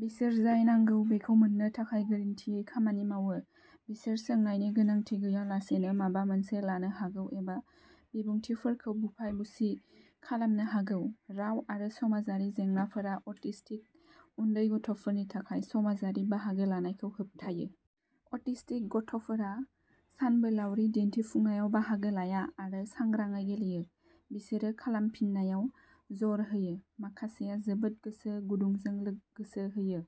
बिसोर जाय नांगौ बेखौ मोननो थाखाय गोरोन्थियै खामानि मावो। बिसोर सोंनायनि गोनांथि गैयालासेनो माबा मोनसे लानो हागौ एबा बिबुंथिफोरखौ बुफाय बुसि खालामनो हागौ। राव आरो समाजारि जेंनाफोरा अटिस्टिक उन्दै गथ'फोरनि थाखाय समाजारि बाहागो लानायखौ होबथायो। अटिस्टिक गथ'फोरा सानबोलावरि दिन्थिफुंनायाव बाहागो लाया आरो सांग्राङै गेलेयो। बिसोरो खालामफिननायाव जर होयो। माखासेया जोबोद गोसो गुदुंजों गोसो होयो।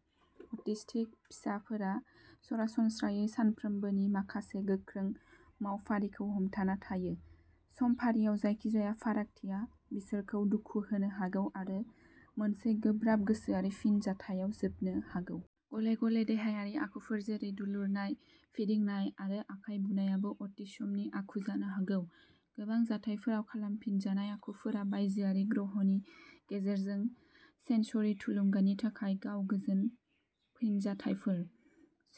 अटिस्टिक फिसाफोरा सरासनस्रायै सानफ्रोमबोनि माखासे गोख्रों मावफारिखौ हमथाना थायो। समफारियाव जायखिजाया फारागथिया बिसोरखौ दुखु होनो हागौ आरो मोनसे गोब्राब गोसोआरि फिनजाथायाव जोबनो हागौ। गले-गले देहायारि आखुफोर जेरै दुलुरनाय, फिदिंनाय, आरो आखाइ बुनायाबो अटिसमनि आखु जानो हागौ। गोबां जाथायफोराव खालामफिनजानाय आखुफोरा बायजोआरि ग्रहनि गेजेरजों सेन्सरि थुलुंगानि थाखाय गाव गोजोन फिनजाथायफोर।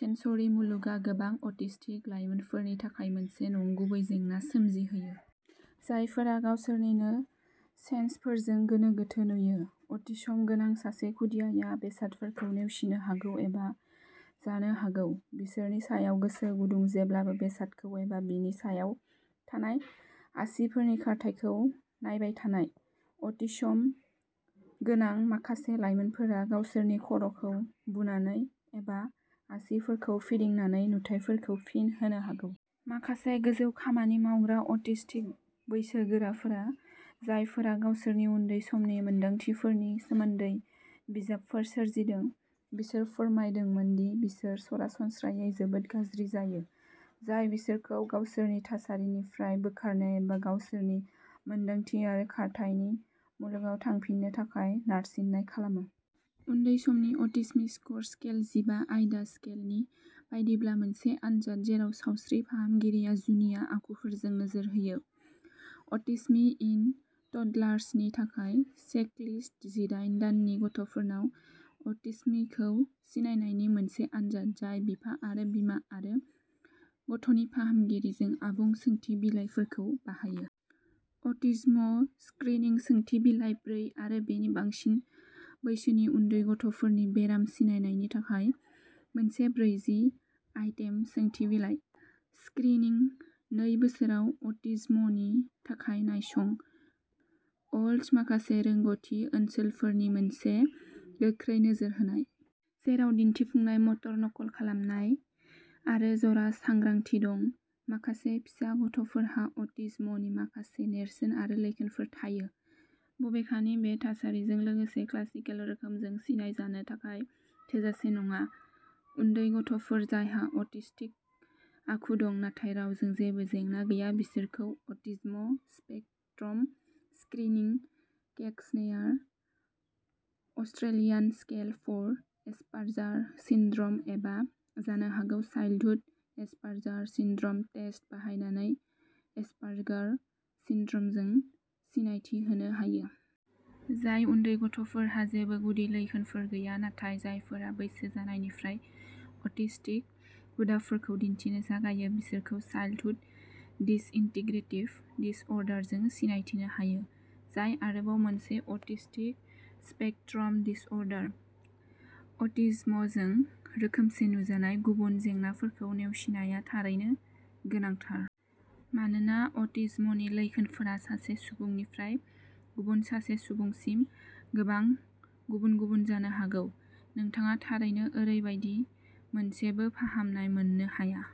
सेन्सरि मुलुगआ गोबां अटिस्टिक लाइमोनफोरनि थाखाय मोनसे नंगुबै जेंना सोमजिहोयो। जायफोरा गावसोरनिनो सेन्सफोरजों गोनो-गोथो नुयो। अटिसम गोनां सासे खुदियाया बेसादफोरखौ नेवसिनो हागौ एबा जानो हागौ। बिसोरनि सायाव गोसो गुदुं जेब्लाबो बेसादखौ एबा बिनि सायाव थानाय आसिफोरनि खारथायखौ नायबाय थानाय। अटिस्म गोनां माखासे लाइमोनफोरा गावसोरनि खर'खौ बुनानै एबा आसिफोरखौ फिदिंनानै नुथाइफोरखौ फिन होनो हागौ। माखासे गोजौ खामानि मावग्रा अटिस्टिक बैसोगोराफोर जायफोरा गावसोरनि उन्दै समनि मोनदांथिफोरनि सोमोन्दै बिजाबफोर सोरजिदों। बिसोर फोरमायदोंमोन दि बिसोर सरासनस्रायै जोबोद गाज्रि जायो। जाय बिसोरखौ गावसोरनि थासारिनिफ्राय बोखारनो एबा गावसोरनि मोन्दांथि आरो खारथायनि मुलुगाव थांफिननो थाखाय नारसिननाय खालामो। उन्दै समनि अटिस्म स्कर स्केल जिबा आयदा स्केलनि बायदिब्ला मोनसे आनजाद जेराव सावस्रि फाहामगिरिया जुनिया आखुफोरजों नोजोर होयो। अटिस्म इन टडलार्सनि थाखाय चेकलिस्ट जिदाइन दाननि गथ'फोरनाव अटिस्मखौ सिनायनायनि मोनसे आनजाद जाय बिफा आरो बिमा आरो गथ'नि फाहामगिरिजों आबुं सोंथि बिलाइफोरखौ बाहायो। अटिज्म स्क्रिनिं सोंथि बिलाइ ब्रै आरो बेनि बांसिन बैसोनि उन्दै गथ'फोरनि बेराम सिनायनायनि थाखाय मोनसे ब्रैजि आइटेम सोंथि बिलाइ। स्क्रिनिं नै बोसोराव अटिज्मनि थाखाय नायसं। अल्ड्स माखासे रोंग'थि ओनसोलफोरनि मोनसे गोख्रै नोजोर होनाय। जेराव दिन्थिफुंनाय, मटर नकल खालामनाय, आरो जरा सांग्रांथि दं। माखासे फिसा गथ'फोरहा अटिज्मनि माखासे नेरसोन आरो लैखोनफोर थायो। बबेखानि बे थासारिजों लोगोसे क्लासिकेल रोखोमजों सिनायजानो थाखाय थोजासे नङा। उन्दै गथ'फोर जायहा अटिस्टिक आखु दं नाथाय रावजों जेबो जेंना गैया बिसोरखौ autism spectrum screening questionnaire, Australian scale for Asperger syndrome एबा जानो हागौ चाइल्डहुड एस्पारजार सिनड्रम टेस्ट बाहायनानै एस्पारगार सिनड्रमजों सिनायथि होनो हायो। जाय उन्दै गथ'फोरहा जेबो गुदि लैखोनफोर गैया नाथाय जायफोरा बैसो जानायनिफ्राय अटिस्टिक हुदाफोरखौ दिन्थिनो जागायो बिसोरखौ चाइल्डहुड डिसइन्टिग्रेटिभ डिसअर्डार जों सिनायथिनो हायो। जाय आरोबाव मोनसे अटिस्टिक स्पेक्ट्रम डिसअर्डार। अटिज्मजों रोखोमसे नुजानाय गुबुन जेंनाफोरखौ नेवसिनाया थारैनो गोनांथार। मानोना अटिज्मनि लैखोनफोरा सासे सुबुंनिफ्राय गुबुन सासे सुबुंसिम गोबां गुबुन-गुबुन जानो हागौ। नोंथाङा थारैनो ओरैबायदि मोनसेबो फाहामनाय मोननो हाया।